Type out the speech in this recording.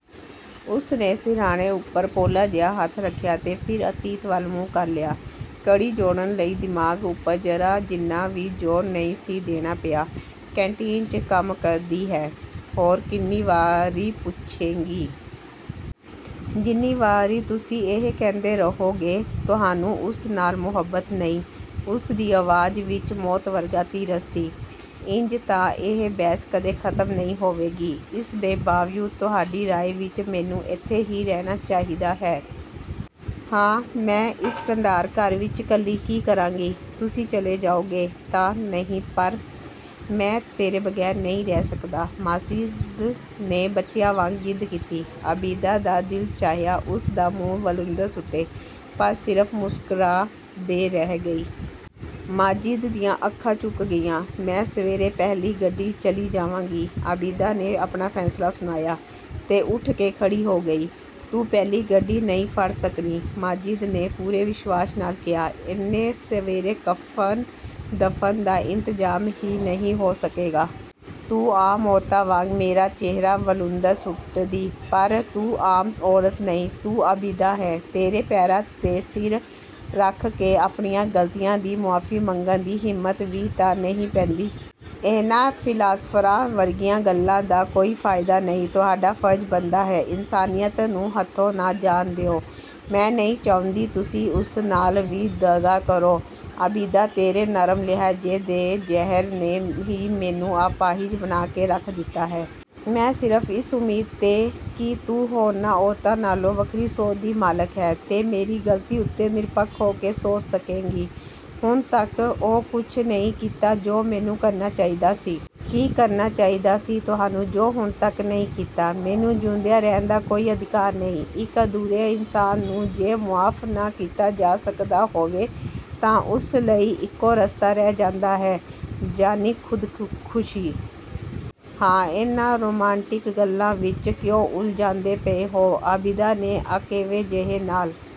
ਉਸਨੇ ਸਿਰਹਾਣੇ ਉੱਪਰ ਪੋਲਾ ਜਿਹਾ ਹੱਥ ਰੱਖਿਆ ਤੇ ਫਿਰ ਅਤੀਤ ਵੱਲ ਮੂੰਹ ਕਰ ਲਿਆ। ਕੜੀ ਜੋੜਨ ਲਈ ਦਿਮਾਗ਼ ਉੱਪਰ ਜ਼ਰਾ ਜਿੰਨਾ ਵੀ ਜ਼ੋਰ ਨਹੀਂ ਸੀ ਦੇਣਾ ਪਿਆ।"ਕੈਨਟੀਨ 'ਚ ਕੰਮ ਕਰਦੀ ਹੈ?" "ਹੋਰ ਕਿੰਨੀ ਵਾਰੀ ਪੁੱਛੇਂਗੀ?" "ਜਿੰਨੀ ਵਾਰੀ ਤੁਸੀਂ ਇਹ ਕਹਿੰਦੇ ਰਹੋਗੇ, ਤੁਹਾਨੂੰ ਉਸ ਨਾਲ ਮੁਹੱਬਤ ਨਹੀਂ।" ਉਸਦੀ ਅਵਾਜ਼ ਵਿੱਚ ਮੌਤ ਵਰਗਾ ਧੀਰਜ ਸੀ।"ਇੰਜ ਤਾਂ ਇਹ ਬਹਿਸ ਕਦੇ ਖ਼ਤਮ ਨਹੀਂ ਹੋਵੇਗੀ।" "ਇਸ ਦੇ ਬਾਵਜੂਦ ਤੁਹਾਡੀ ਰਾਏ ਵਿੱਚ ਮੈਨੂੰ ਇੱਥੇ ਹੀ ਰਹਿਣਾ ਚਾਹੀਦਾ ਹੈ?" "ਹਾਂ।" "ਮੈਂ ਇਸ ਢੰਢਾਰ ਘਰ ਵਿੱਚ 'ਕੱਲੀ ਕੀ ਕਰਾਂਗੀ? ਤੁਸੀਂ ਚਲੇ ਜਾਓਗੇ ਤਾਂ।" "ਨਹੀਂ।" "ਪਰ।" "ਮੈਂ ਤੇਰੇ ਬਗ਼ੈਰ ਨਹੀਂ ਰਹਿ ਸਕਦਾ।" ਮਾਜਿਦ ਨੇ ਬੱਚਿਆਂ ਵਾਂਗ ਜ਼ਿੱਦ ਕੀਤੀ। ਆਬਿਦਾ ਦਾ ਦਿਲ ਚਾਹਿਆ, ਉਸ ਦਾ ਮੂੰਹ ਵਲੂੰਧਰ ਸੁੱਟੇ, ਪਰ ਸਿਰਫ ਮੁਸਕੁਰਾ ਦੇ ਰਹਿ ਗਈ। ਮਾਜਿਦ ਦੀਆਂ ਅੱਖਾਂ ਝੁਕ ਗਈਆਂ। "ਮੈਂ ਸਵੇਰੇ ਪਹਿਲੀ ਗੱਡੀ ਚਲੀ ਜਾਵਾਂਗੀ।" ਆਬਿਦਾ ਨੇ ਆਪਣਾ ਫ਼ੈਸਲਾ ਸੁਣਾਇਆ ਤੇ ਉੱਠ ਕੇ ਖੜ੍ਹੀ ਹੋ ਗਈ। "ਤੂੰ ਪਹਿਲੀ ਗੱਡੀ ਨਹੀਂ ਫੜ ਸਕਣੀ।" ਮਾਜਿਦ ਨੇ ਪੂਰੇ ਵਿਸ਼ਵਾਸ ਨਾਲ ਕਿਹਾ, "ਇੰਨੇ ਸਵੇਰੇ ਕਫ਼ਨ-ਦਫ਼ਨ ਦਾ ਇੰਤਜ਼ਾਮ ਹੀ ਨਹੀਂ ਹੋ ਸਕੇਗਾ।" ਤੂੰ ਆਮ ਔਰਤਾਂ ਵਾਂਗ ਮੇਰਾ ਚਿਹਰਾ ਵਲੂੰਧਰ ਸੁੱਟਦੀ। ਪਰ ਤੂੰ ਆਮ ਔਰਤ ਨਹੀਂ। ਤੂੰ ਆਬਿਦਾ ਹੈਂ। ਤੇਰੇ ਪੈਰਾਂ 'ਤੇ ਸਿਰ ਰੱਖ ਕੇ ਆਪਣੀਆਂ ਗ਼ਲਤੀਆਂ ਦੀ ਮੁਆਫ਼ੀ ਮੰਗਣ ਦੀ ਹਿੰਮਤ ਵੀ ਤਾਂ ਨਹੀਂ ਪੈਂਦੀ।" "ਇਹਨਾਂ ਫ਼ਿਲਾਸਫ਼ਰਾਂ ਵਰਗੀਆਂ ਗੱਲਾਂ ਦਾ ਕੋਈ ਫ਼ਾਇਦਾ ਨਹੀਂ। ਤੁਹਾਡਾ ਫ਼ਰਜ਼ ਬਣਦਾ ਹੈ, ਇਨਸਾਨੀਅਤ ਨੂੰ ਹੱਥੋਂ ਨਾ ਜਾਣ ਦਿਓ। ਮੈਂ ਨਹੀਂ ਚਾਹੁੰਦੀ ਤੁਸੀਂ ਉਸ ਨਾਲ ਵੀ ਦਗ਼ਾ ਕਰੋ।" "ਆਬਿਦਾ, ਤੇਰੇ ਨਰਮ ਲਹਿਜੇ ਦੇ ਜ਼ਹਿਰ ਨੇ ਹੀ ਮੈਨੂੰ ਅਪਾਹਿਜ ਬਣਾ ਕੇ ਰੱਖ ਦਿੱਤਾ ਹੈ। ਮੈਂ ਸਿਰਫ ਇਸ ਉਮੀਦ 'ਤੇ ਕਿ ਤੂੰ ਹੋਰਨਾਂ ਔਰਤਾਂ ਨਾਲੋਂ ਵੱਖਰੀ ਸੋਚ ਦੀ ਮਾਲਕ ਹੈਂ ਤੇ ਮੇਰੀ ਗ਼ਲਤੀ ਉੱਤੇ ਨਿਰਪੱਖ ਹੋ ਕੇ ਸੋਚ ਸਕੇਂਗੀ, ਹੁਣ ਤੱਕ ਉਹ ਕੁਝ ਨਹੀਂ ਕੀਤਾ ਜੋ ਮੈਨੂੰ ਕਰਨਾ ਚਾਹੀਦਾ ਸੀ।" "ਕੀ ਕਰਨਾ ਚਾਹੀਦਾ ਸੀ ਤੁਹਾਨੂੰ, ਜੋ ਹੁਣ ਤੱਕ ਨਹੀਂ ਕੀਤਾ?" "ਮੈਨੂੰ ਜਿਉਂਦਿਆਂ ਰਹਿਣ ਦਾ ਕੋਈ ਅਧਿਕਾਰ ਨਹੀਂ। ਇੱਕ ਅਧੂਰੇ ਇਨਸਾਨ ਨੂੰ ਜੇ ਮੁਆਫ਼ ਨਾ ਕੀਤਾ ਜਾ ਸਕਦਾ ਹੋਵੇ ਤਾਂ ਉਸ ਲਈ ਇੱਕੋ ਰਸਤਾ ਰਹਿ ਜਾਂਦਾ ਹੈ" "ਯਾਨੀ, ਖੁਦਕਸ਼ੀ?" "ਹਾਂ।" "ਇਹਨਾਂ ਰੁਮਾਂਟਿਕ ਗੱਲਾਂ ਵਿੱਚ ਕਿਉਂ ਉਲਝਾਂਦੇ ਪਏ ਹੋ" ਆਬਿਦਾ ਨੇ ਅਕੇਵੇਂ ਜਿਹੇ ਨਾਲ